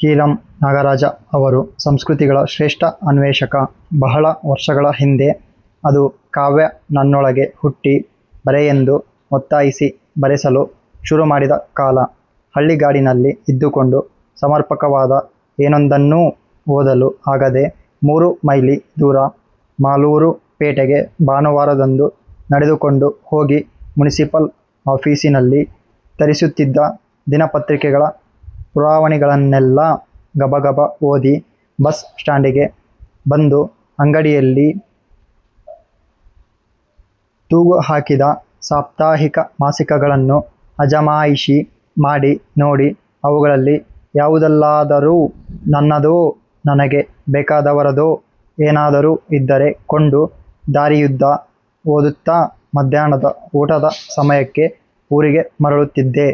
ಕಿ. ರಂ. ನಾಗರಾಜ ಅವರು ಸಂಸ್ಕೃತಿಗಳ ಶ್ರೇಷ್ಠ ಅನ್ವೇಷಕ. ಬಹಳ ವರ್ಷಗಳ ಹಿಂದೆ ಅದು ಕಾವ್ಯ ನನ್ನೊಳಗೆ ಹುಟ್ಟಿ ಬರೆಯೆಂದು ಒತ್ತಾಯಿಸಿ ಬರೆಸಲು ಶುರು ಮಾಡಿದ ಕಾಲ. ಹಳ್ಳಿಗಾಡಿನಲ್ಲಿ ಇದ್ದುಕೊಂಡು ಸಮರ್ಪಕವಾದ ಏನೊಂದನ್ನೂ ಓದಲು ಆಗದೆ, ಮೂರು ಮೈಲಿ ದೂರ ಮಾಲೂರು ಪೇಟೆಗೆ ಭಾನುವಾರದಂದು ನಡೆದುಕೊಂಡು ಹೋಗಿ ಮುನಿಸಿಪಲ್ ಆಫೀಸಿನಲ್ಲಿ ತರಿಸುತ್ತಿದ್ದ ದಿನ ಪತ್ರಿಕೆಗಳ ಪುರವಣಿಗಳನ್ನೆಲ್ಲ ಗಬಗಬ ಓದಿ ಬಸ್ ಸ್ಟಾಂಡಿಗೆ ಬಂದು ಅಂಗಡಿಯಲ್ಲಿ ತೂಗುಹಾಕಿದ ಸಾಪ್ತಾಹಿಕ, ಮಾಸಿಕಗಳನ್ನು ಅಜಮಾಯಿಶಿ ಮಾಡಿ ನೋಡಿ, ಅವುಗಳಲ್ಲಿ ಯಾವುದರಲ್ಲಾದರೂ ನನ್ನದೋ, ನನಗೆ ಬೇಕಾದವರದೋ ಏನಾದರೂ ಇದ್ದರೆ ಕೊಂಡು, ದಾರಿಯುದ್ದ ಓದುತ್ತಾ ಮಧ್ಯಾಹ್ನದ ಊಟದ ಸಮಯಕ್ಕೆ ಊರಿಗೆ ಮರಳುತ್ತಿದ್ದೆ.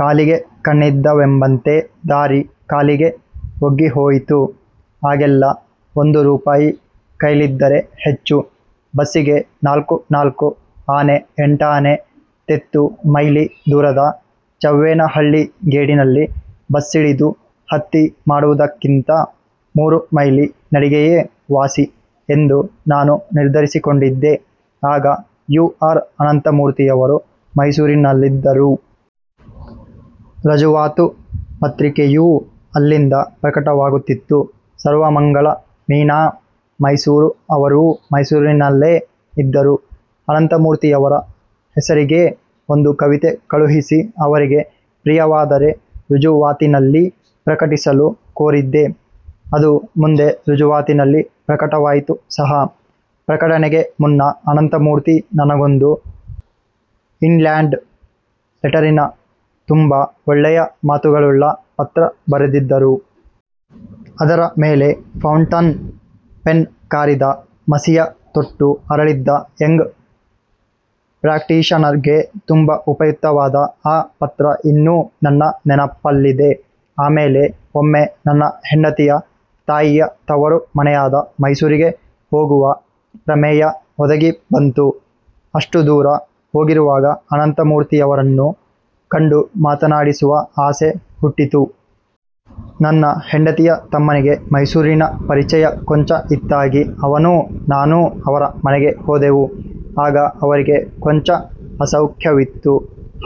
ಕಾಲಿಗೆ ಕಣ್ಣಿದ್ದವೆಂಬಂತೆ ದಾರಿ ಕಾಲಿಗೆ ಒಗ್ಗಿಹೋಗಿತ್ತು. ಆಗೆಲ್ಲ ಒಂದು ರೂಪಾಯಿ ಕೈಲಿದ್ದರೆ ಹೆಚ್ಚು. ಬಸ್ಸಿಗೆ ನಾಲ್ಕು ನಾಲ್ಕು ಆಣೆ ಎಂಟಾಣೆ ತೆತ್ತು ಮೈಲಿ ದೂರದ ಚವ್ವೇನಹಳ್ಳಿ ಗೇಟಿನಲ್ಲಿ ಬಸ್ಸಿಳಿದು ಹತ್ತಿ ಮಾಡುವುದಕ್ಕಿಂತ ಮೂರು ಮೈಲಿ ನಡಿಗೆಯೇ ವಾಸಿ ಎಂದು ನಾನು ನಿರ್ಧರಿಸಿಕೊಂಡಿದ್ದೆ. ಆಗ ಯು ಆರ್ ಅನಂತಮೂರ್ತಿಯವರು ಮೈಸೂರಿನಲ್ಲಿದ್ದರು. ರುಜುವಾತು ಪತ್ರಿಕೆಯೂ ಅಲ್ಲಿಂದ ಪ್ರಕಟವಾಗುತ್ತಿತ್ತು. ಸರ್ವಮಂಗಳ, ಮೀನಾ ಮೈಸೂರು ಅವರೂ ಮೈಸೂರಿನಲ್ಲೇ ಇದ್ದರು. ಅನಂತಮೂರ್ತಿಯವರ ಹೆಸರಿಗೇ ಒಂದು ಕವಿತೆ ಕಳುಹಿಸಿ ಅವರಿಗೆ ಪ್ರಿಯವಾದರೆ ರುಜುವಾತಿನಲ್ಲಿ ಪ್ರಕಟಿಸಲು ಕೋರಿದ್ದೆ. ಅದು ಮುಂದೆ ರುಜುವಾತಿನಲ್ಲಿ ಪ್ರಕಟವಾಯಿತು ಸಹ. ಪ್ರಕಟಣೆಗೆ ಮುನ್ನ ಅನಂತಮೂರ್ತಿ ನನಗೊಂದು ಇನ್ಲ್ಯಾಂಡ್ ಲೆಟರಿನ ತುಂಬ ಒಳ್ಳೆಯ ಮಾತುಗಳುಳ್ಳ ಪತ್ರ ಬರೆದಿದ್ದರು. ಅದರ ಮೇಲೆ ಫೌಂಟನ್ ಪೆನ್ ಕಾರಿದ ಮಸಿಯ ತೊಟ್ಟು ಅರಳಿದ್ದ ಯಂಗ್ ಪ್ರಾಕ್ಟೀಶನರ್ಗೆ ತುಂಬ ಉಪಯುಕ್ತವಾದ ಆ ಪತ್ರ ಇನ್ನೂ ನನ್ನ ನೆನಪಲ್ಲಿದೆ. ಆಮೇಲೆ ಒಮ್ಮೆ ನನ್ನ ಹೆಂಡತಿಯ ತಾಯಿಯ ತವರು ಮನೆಯಾದ ಮೈಸೂರಿಗೆ ಹೋಗುವ ಪ್ರಮೇಯ ಒದಗಿ ಬಂತು. ಅಷ್ಟು ದೂರ ಹೋಗಿರುವಾಗ ಅನಂತಮೂರ್ತಿಯವರನ್ನು ಕಂಡು ಮಾತಾಡಿಸುವ ಆಸೆ ಹುಟ್ಟಿತು. ನನ್ನ ಹೆಂಡತಿಯ ತಮ್ಮನಿಗೆ ಮೈಸೂರಿನ ಪರಿಚಯ ಕೊಂಚ ಇತ್ತಾಗಿ ಅವನೂ ನಾನೂ ಅವರ ಮನೆಗೆ ಹೋದೆವು. ಆಗ ಅವರಿಗೆ ಕೊಂಚ ಅಸೌಖ್ಯವಿತ್ತು.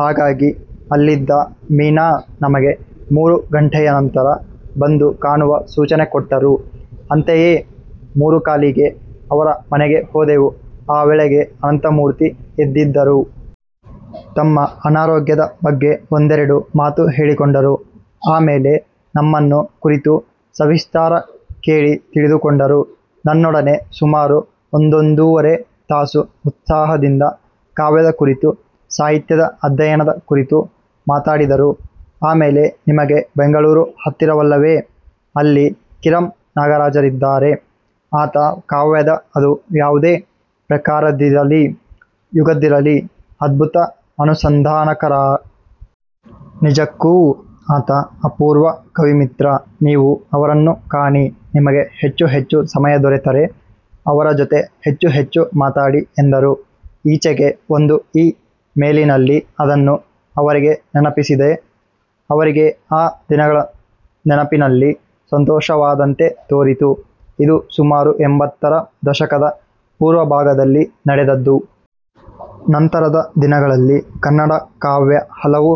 ಹಾಗಾಗಿ ಅಲ್ಲಿದ್ದ ಮೀನಾ ನಮಗೆ ಮೂರು ಘಂಟೆಯ ನಂತರ ಬಂದು ಕಾಣುವ ಸೂಚನೆ ಕೊಟ್ಟರು. ಅಂತೆಯೇ ಮೂರೂಕಾಲಿಗೆ ಅವರ ಮನೆಗೆ ಹೋದೆವು. ಆ ವೇಳೆಗೆ ಅನಂತಮೂರ್ತಿ ಎದ್ದಿದ್ದರು. ತಮ್ಮ ಅನಾರೋಗ್ಯದ ಬಗ್ಗೆ ಒಂದೆರಡು ಮಾತು ಹೇಳಿಕೊಂಡರು. ಆ ಮೇಲೆ ನಮ್ಮನ್ನು ಕುರಿತು ಸವಿಸ್ತಾರ ಕೇಳಿ ತಿಳಿದುಕೊಂಡರು. ನನ್ನೊಡನೆ ಸುಮಾರು ಒಂದೊಂದೂವರೆ ತಾಸು ಉತ್ಸಾಹದಿಂದ ಕಾವ್ಯದ ಕುರಿತು, ಸಾಹಿತ್ಯದ ಅಧ್ಯಯನದ ಕುರಿತು ಮಾತಾಡಿದರು. ಆ ಮೇಲೆ ನಿಮಗೆ ಬೆಂಗಳೂರು ಹತ್ತಿರವಲ್ಲವೇ? ಅಲ್ಲಿ ಕಿರಂ ನಾಗರಾಜರಿದ್ದಾರೆ. ಆತ ಕಾವ್ಯದ ಅದು ಯಾವುದೇ ಪ್ರಕಾರದ್ದಿರಲಿ, ಯುಗದ್ದಿರಲಿ ಅದ್ಭುತ ಅನುಸಂಧಾನಕಾರ. ನಿಜಕ್ಕೂ ಆತ ಅಪೂರ್ವ ಕವಿಮಿತ್ರ. ನೀವು ಅವರನ್ನು ಕಾಣಿ. ನಿಮಗೆ ಹೆಚ್ಚು ಹೆಚ್ಚು ಸಮಯ ದೊರೆತರೆ ಅವರ ಜೊತೆ ಹೆಚ್ಚು ಹೆಚ್ಚು ಮಾತಾಡಿ ಎಂದರು. ಈಚೆಗೆ ಒಂದು ಇ ಮೇಲಿನಲ್ಲಿ ಅದನ್ನು ಅವರಿಗೆ ನೆನಪಿಸಿದೆ. ಅವರಿಗೆ ಆ ದಿನಗಳ ನೆನಪಿನಲ್ಲಿ ಸಂತೋಷವಾದಂತೆ ತೋರಿತು. ಇದು ಸುಮಾರು ಎಂಬತ್ತರ ದಶಕದ ಪೂರ್ವಭಾಗದಲ್ಲಿ ನಡೆದದ್ದು. ನಂತರದ ದಿನಗಳಲ್ಲಿ ಕನ್ನಡ ಕಾವ್ಯ ಹಲವು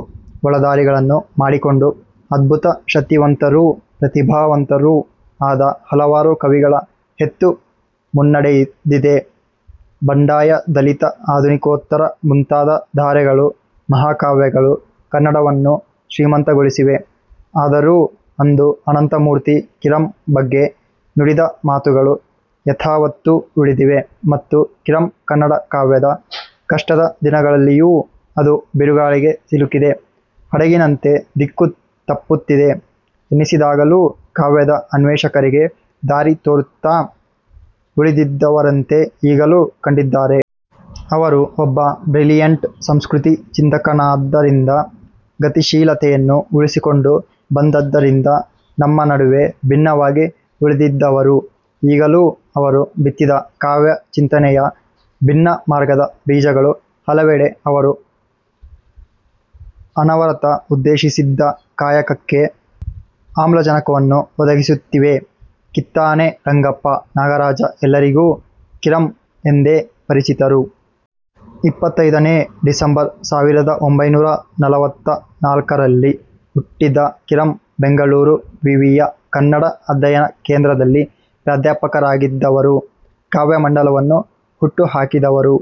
ಒಳದಾರಿಗಳನ್ನು ಮಾಡಿಕೊಂಡು, ಅದ್ಭುತ ಶಕ್ತಿವಂತರೂ, ಪ್ರತಿಭಾವಂತರೂ ಆದ ಹಲವಾರು ಕವಿಗಳ ಹೆತ್ತು ಮುನ್ನಡೆದಿದೆ. ಬಂಡಾಯ ದಲಿತ ಆಧುನಿಕೋತ್ತರ ಮುಂತಾದ ಧಾರೆಗಳು, ಮಹಾಕಾವ್ಯಗಳು ಕನ್ನಡವನ್ನು ಶ್ರೀಮಂತಗೊಳಿಸಿವೆ. ಆದರೂ ಅಂದು ಅನಂತಮೂರ್ತಿ ಕಿರಂ ಬಗ್ಗೆ ನುಡಿದ ಮಾತುಗಳು ಯಥಾವತ್ತು ಉಳಿದಿವೆ. ಮತ್ತು ಕಿರಂ ಕನ್ನಡ ಕಾವ್ಯದ ಕಷ್ಟದ ದಿನಗಳಲ್ಲಿಯೂ, ಅದು ಬಿರುಗಾಳಿಗೆ ಸಿಲುಕಿದ ಹಡಗಿನಂತೆ ದಿಕ್ಕು ತಪ್ಪುತ್ತಿದೆ ಎನ್ನಿಸಿದಾಗಲೂ ಕಾವ್ಯದ ಅನ್ವೇಷಕರಿಗೆ ದಾರಿ ತೋರುತ್ತ ಉಳಿದಿದ್ದವರಂತೆ ಈಗಲೂ ಕಂಡಿದ್ದಾರೆ. ಅವರು ಒಬ್ಬ ಬ್ರಿಲಿಯಂಟ್ ಸಂಸ್ಕೃತಿ ಚಿಂತಕನಾದ್ದರಿಂದ, ಗತಿಶೀಲತೆಯನ್ನು ಉಳಿಸಿಕೊಂಡು ಬಂದದ್ದರಿಂದ ನಮ್ಮ ನಡುವೆ ಭಿನ್ನವಾಗಿ ಉಳಿದಿದ್ದವರು. ಈಗಲೂ ಅವರು ಬಿತ್ತಿದ ಕಾವ್ಯ ಚಿಂತನೆಯ ಭಿನ್ನ ಮಾರ್ಗದ ಬೀಜಗಳು ಹಲವೆಡೆ ಅವರು ಅನವರತ ಉದ್ದೇಶಿಸಿದ್ದ ಕಾಯಕಕ್ಕೆ ಆಮ್ಲಜನಕವನ್ನು ಒದಗಿಸುತ್ತಿವೆ. ಕಿತ್ತಾನೆ ರಂಗಪ್ಪ ನಾಗರಾಜ ಎಲ್ಲರಿಗೂ ಕಿರಂ ಎಂದೇ ಪರಿಚಿತರು. ಇಪ್ಪತೈದನೇ ಡಿಸೆಂಬರ್ ಸಾವಿರದ ಒಂಬೈನೂರಾ ನಲವತ್ತ ನಾಲ್ಕರಲ್ಲಿ ಹುಟ್ಟಿದ ಕಿರಂ, ಬೆಂಗಳೂರು ವಿವಿಯ ಕನ್ನಡ ಅಧ್ಯಯನ ಕೇಂದ್ರದಲ್ಲಿ ಪ್ರಾಧ್ಯಾಪಕರಾಗಿದ್ದವರು, ಕಾವ್ಯಮಂಡಲವನ್ನು ಹುಟ್ಟುಹಾಕಿದವರು.